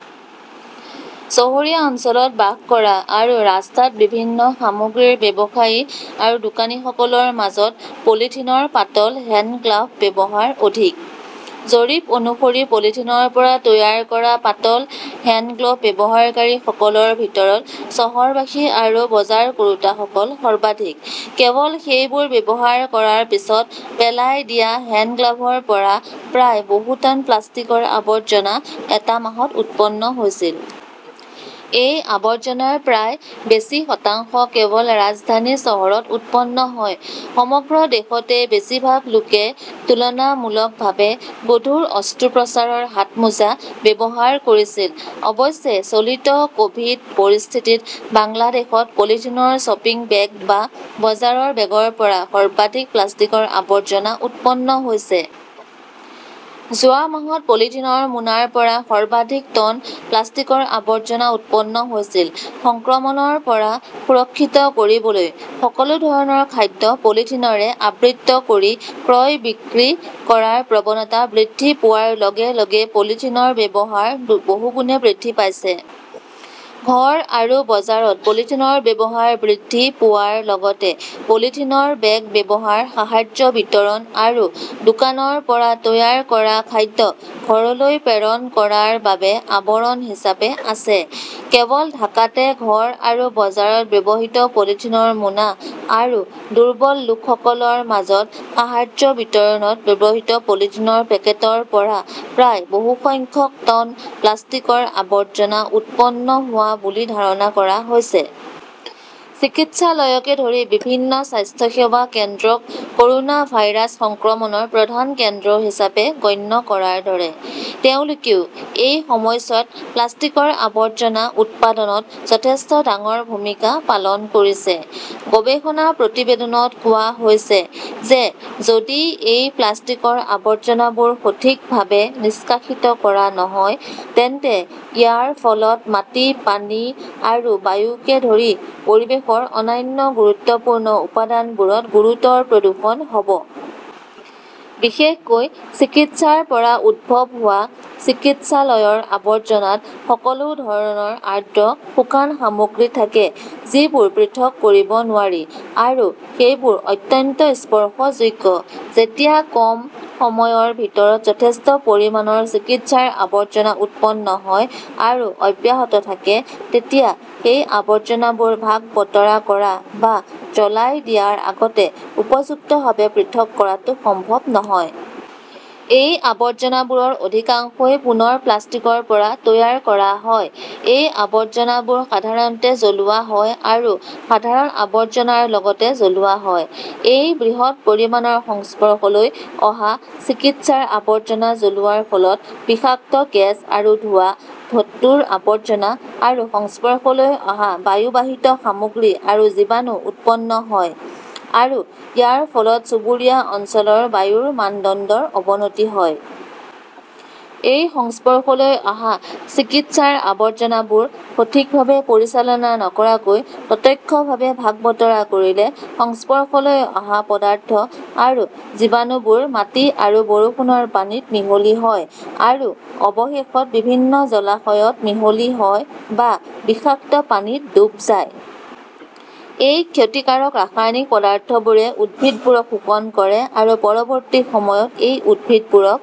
চহৰীয়া অঞ্চলত বাস কৰা আৰু ৰাস্তাত বিভিন্ন সামগ্ৰীৰ ব্যৱসায়ী আৰু দোকানীসকলৰ মাজত পলিথিনৰ পাতল হেণ্ডগ্লাভৰ ব্যৱহাৰ অধিক। জৰীপ অনুসৰি পলিথিনৰ পৰা তৈয়াৰ কৰা পাতল হেণ্ডগ্লাভ ব্যৱহাৰকাৰীসকলৰ ভিতৰত চহৰবাসী আৰু বজাৰ কৰোঁতাসকল সৰ্বাধিক। কেৱল সেইবোৰ ব্যৱহাৰ কৰাৰ পিছত পেলাই দিয়া হেণ্ডগ্লাভৰ পৰা প্ৰায় বহু টন প্লাষ্টিকৰ আৱৰ্জনা এটা মাহত উৎপন্ন হৈছিল। এই আৱৰ্জনাৰ প্ৰায় বেছি শতাংশ কেৱল ৰাজধানী চহৰত উৎপন্ন হয়। সমগ্ৰ দেশতে বেছি ভাগ লোকে তুলনামূলকভাৱে গধুৰ অস্ত্ৰোপচাৰৰ হাতমোজা ব্যৱহাৰ কৰিছিল। অৱশ্যে চলিত ক'ভিড পৰিস্থিতিত বাংলাদেশত পলিথিনৰ শ্বপিং বেগ বা বজাৰৰ বেগৰ পৰা সৰ্বাধিক প্লাষ্টিকৰ আৱৰ্জনা উৎপন্ন হৈছে। যোৱা মাহত পলিথিনৰ মোনাৰ পৰা সৰ্বাধিক টন প্লাষ্টিকৰ আৱৰ্জনা উৎপন্ন হৈছিল। সংক্ৰমণৰ পৰা সুৰক্ষিত কৰিবলৈ সকলো ধৰণৰ খাদ্য পলিথিনৰে আবৃত কৰি ক্ৰয় বিক্ৰী কৰাৰ প্ৰৱণতা বৃদ্ধি পোৱাৰ লগে লগে পলিথিনৰ ব্যৱহাৰ বহুগুণে বৃদ্ধি পাইছে। ঘৰ আৰু বজাৰত পলিথিনৰ ব্যৱহাৰ বৃদ্ধি পোৱাৰ লগতে পলিথিন বেগৰ ব্যৱহাৰ সাহায্য বিতৰণ আৰু দোকানৰ পৰা তৈয়াৰ কৰা খাদ্য ঘৰলৈ প্ৰেৰণ কৰাৰ বাবে আৱৰণ হিচাপে আছে। কেৱল ঢাকাতে ঘৰ আৰু বজাৰত ব্যৱহৃত পলিথিনৰ মোনা আৰু দুৰ্বল লোকসকলৰ মাজত সাহায্য বিতৰণত ব্যৱহৃত পলিথিনৰ পেকেটৰ পৰা প্ৰায় বহু সংখ্যক টন প্লাষ্টিকৰ আৱৰ্জনা উৎপন্ন হোৱা বুলি ধাৰণা কৰা হৈছে। চিকিৎসালয়কে ধৰি বিভিন্ন স্বাস্থ্যসেৱা কেন্দ্ৰক ক'ৰোনা ভাইৰাছ সংক্ৰমণৰ প্ৰধান কেন্দ্ৰ হিচাপে গণ্য কৰাৰ দৰে। তেওঁলোকেও এই সময়ছোৱাত প্লাষ্টিকৰ আৱৰ্জনা উৎপাদনত যথেষ্ট ডাঙৰ ভূমিকা পালন কৰিছে। গৱেষণা প্ৰতিবেদনত কোৱা হৈছে যে যদি এই প্লাষ্টিকৰ আৱৰ্জনাবোৰ সঠিকভাৱে নিষ্কাশিত কৰা নহয়, তেন্তে ইয়াৰ ফলত মাটি, পানী আৰু বায়ুকে ধৰি পৰিৱেশৰ অন্যান্য গুৰুত্বপূৰ্ণ উপাদানবোৰত গুৰুতৰ প্ৰদূষণ হ'ব। বিশেষকৈ চিকিৎসাৰ পৰা উদ্ভৱ হোৱা চিকিৎসালয়ৰ আৱৰ্জনাত সকলো ধৰণৰ আৰ্দ্ৰ শুকান সামগ্ৰী থাকে যিবোৰ পৃথক কৰিব নোৱাৰি, আৰু সেইবোৰ অত্যন্ত স্পৰ্শযোগ্য। যেতিয়া কম সময়ৰ ভিতৰত যথেষ্ট পৰিমাণৰ চিকিৎসাৰ আৱৰ্জনা উৎপন্ন হয় আৰু অব্যাহত থাকে, তেতিয়া সেই আৱৰ্জনাবোৰ ভাগ-বতৰা কৰা বা জ্বলাই দিয়াৰ আগতে উপযুক্তভাৱে পৃথক কৰাটো সম্ভৱ নহয়। এই আৱৰ্জনাবোৰৰ অধিকাংশই পুনৰ প্লাষ্টিকৰ পৰা তৈয়াৰ কৰা হয়। এই আৱৰ্জনাবোৰ সাধাৰণতে জ্বলোৱা হয় আৰু সাধাৰণ আৱৰ্জনাৰ লগতে জ্বলোৱা হয়। এই বৃহৎ পৰিমাণৰ সংস্পৰ্শলৈ অহা চিকিৎসাৰ আৱৰ্জনা জ্বলোৱাৰ ফলত বিষাক্ত গেছ আৰু ধোঁৱা, ধাতুৰ আৱৰ্জনা আৰু সংস্পৰ্শলৈ অহা বায়ুবাহিত সামগ্ৰী আৰু জীৱাণু উৎপন্ন হয়, আৰু ইয়াৰ ফলত চুবুৰীয়া অঞ্চলৰ বায়ুৰ মানদণ্ডৰ অৱনতি হয়। এই সংস্পৰ্শলৈ অহা চিকিৎসাৰ আৱৰ্জনাবোৰ সঠিকভাৱে পৰিচালনা নকৰাকৈ প্ৰত্যক্ষভাৱে ভাগ-বতৰা কৰিলে, সংস্পৰ্শলৈ অহা পদাৰ্থ আৰু জীৱাণুবোৰ মাটি আৰু বৰষুণৰ পানীত মিহলি হয় আৰু অৱশেষত বিভিন্ন জলাশয়ত মিহলি হয় বা বিষাক্ত পানীত ডুব যায়। এই ক্ষতিকাৰক ৰাসায়নিক পদাৰ্থবোৰে উদ্ভিদবোৰক শোষণ কৰে আৰু পৰৱৰ্তী সময়ত এই উদ্ভিদবোৰক